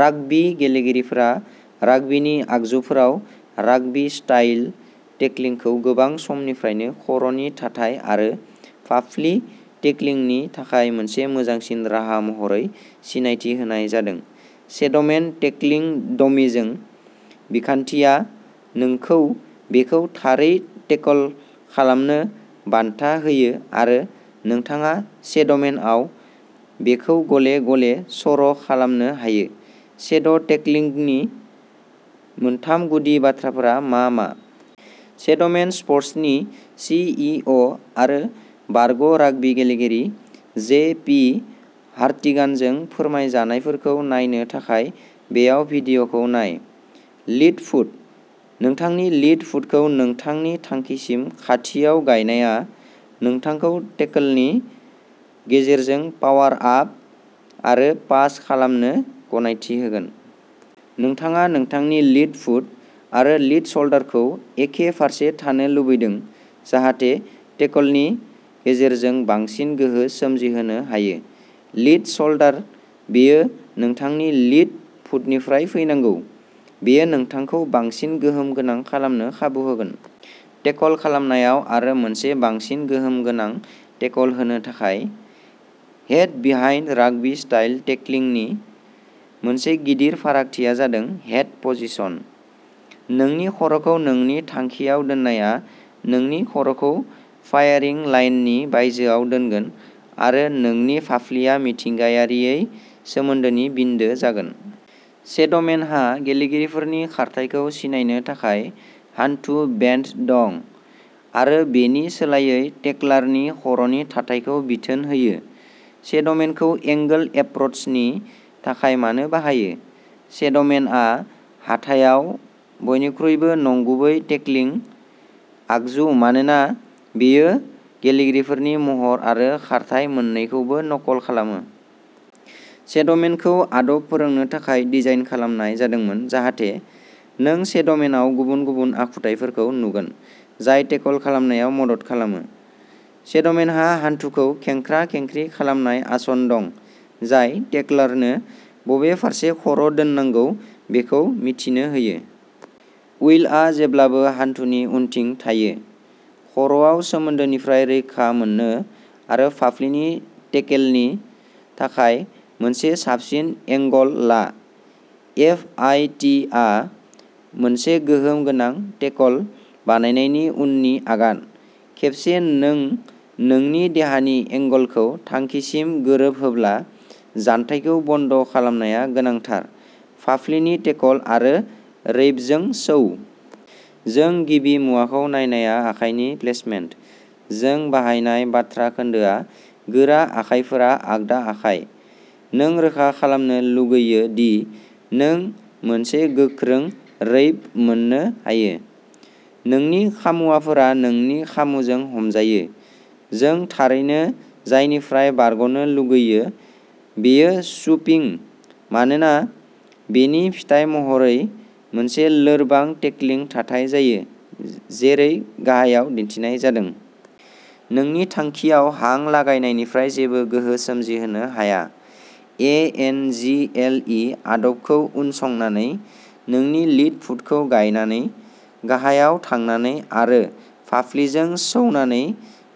Rugby गेलेगिरिफोरा राग्बीनि आगजुफोराव राग्बी स्टाइल टेकलिंखौ गोबाव समनिफ्रायनो खर'नि थाथाय आरो फाफ्लि टेकलिंनि थाखाय मोनसे मोजांसिन राहा महरै सिनायथि होनाय जादों। शेड’मेन टेकलिं डमीजों, बिखान्थिआ नोंखौ बेखौ थारै टेकल खालामनो बान्था होयो आरो नोंथाङा शेड’मेनआव बेखौ गले गले सर' खालामनो हायो शेड’टेकलिंगनि मोनथाम गुदि बाथ्राफोरा मा मा? शेड’मेन स्पर्टसनि सि इ अ आरो बारग'राग्बी गेलेगिरि, जे पि हार्टिगानजों फोरमायजानायफोरखौ नायनो थाखाय बेयाव भिडिअ'खौ नाय। लिद फुट नोंथांनि लिद फुटखौ नोंथांनि थांखिसिम खाथियाव गायनाया नोंथांखौ टेकलनि गेजेरजों पावार आप आरो पास खालामनो गनायथि होगोन। नोंथाङा नोंथांनि लिद फुट आरो लिद शल्डारखौ एखे फारसे थानो लुबैदों जाहाथे टेकलनि गेजेरजों बांसिन गोहो सोमजिहोनो हायो। लिद श'ल्डार बेयो नोंथांनि लिद फुटनिफ्राय फैनांगौ। बेयो नोंथांखौ बांसिन गोहोम गोनां खालामनो खाबु होगोन। टेकल खालामनायाव आरो मोनसे बांसिन गोहोम गोनां टेकल होनो थाखाय। हेड बिहाइन्ड राग्बी स्टाइल टेकलिंनि मोनसे गिदिर फारागथिया जादों हेड पजिशन। नोंनि खर'खौ नोंनि थांखियाव दोननाया नोंनि खर'खौ फायारिं लाइननि बायजोआव दोनगोन आरो नोंनि फाफ्लिआ मिथिंगायारियै सोमोन्दोनि बिन्दो जागोन। शेड'मेनहा गेलेगिरिफोरनि खारथायखौ सिनायनो थाखाय हान्थु बेनड दं आरो बेनि सोलायै टेकलारनि खर'नि थाथायखौ बिथोन होयो। शेड'मेनखौ एंगोल एप्र'चनि थाखाय मानो बाहायो? शेड'मेनआ हाथायाव बयनिख्रुइबो नंगुबै टेकलिं आगजु मानोना बेयो गेलेगिरिफोरनि महर आरो खारथाइ मोननैखौबो नखल खालामो। शेड'मेनखौ आदब फोरोंनो थाखाय डिजाइन खालामनाय जादोंमोन जाहाथे नों शेड'मेनआव गुबुन गुबुन आखुथायफोरखौ नुगोन जाय टेकल खालामनायाव मदद खालामो। शेड'मेनहा हानथुखौ खेंख्रा-खेंख्रि खालामनाय आसन दं जाय टेकलारनो बबे फारसे खर' दोननांगौ बेखौ मिथिनो होयो। उइलआ जेब्लाबो हानथुनि उनथिं थायो, खर'आव सोमोन्दोनिफ्राय रैखा मोननो आरो फाफ्लिनि टेकेलनि थाखाय मोनसे साबसिन एंगल ला। एफ आइ टि आ मोनसे गोहोम गोनां टेकल बानायनायनि उननि आगान। खेबसे नों नोंनि देहानि एंगलखौ थांखिसिम गोरोबहोब्ला, जानथायखौ बन्द' खालामनाया गोनांथार, फाफ्लिनि टेकल आरो रैपजों सौ। जों गिबि मुवाखौ नायनाया आखाइनि प्लेसमेन्ट। जों बाहायनाय बाथ्रा खोन्दोआ गोरा आखाइफोरा आगदा आखाइ। नों रोखा खालामनो लुगैयो दि नों मोनसे गोख्रों रैप मोननो हायो, नोंनि खामुवाफोरा नोंनि खामुजों हमजायो। जों थारैनो जायनिफ्राय बारग'नो लुगैयो बेयो स्वुपिं मानोना बेनि फिथाय महरै मोनसे लोरबां टेकलिं थाथाय जायो, जेरै गाहायाव दिन्थिनाय जादों। नोंनि थांखियाव हां लागायनायनिफ्राय जेबो गोहो सोमजिहोनो हाया। A N G L E आदबखौ उनसंनानै, नोंनि लिद फुटखौ गायनानै, गाहायाव थांनानै आरो फाफ्लिजों सौनानै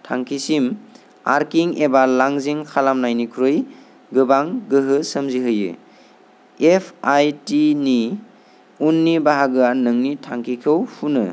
थांखिसिम आर्किं एबा लांजिं खालामनायनिख्रुइ गोबां गोहो सोमजिहोयो। एफ आइ टि नि उननि बाहागोआ नोंनि थांखिखौ फुनो।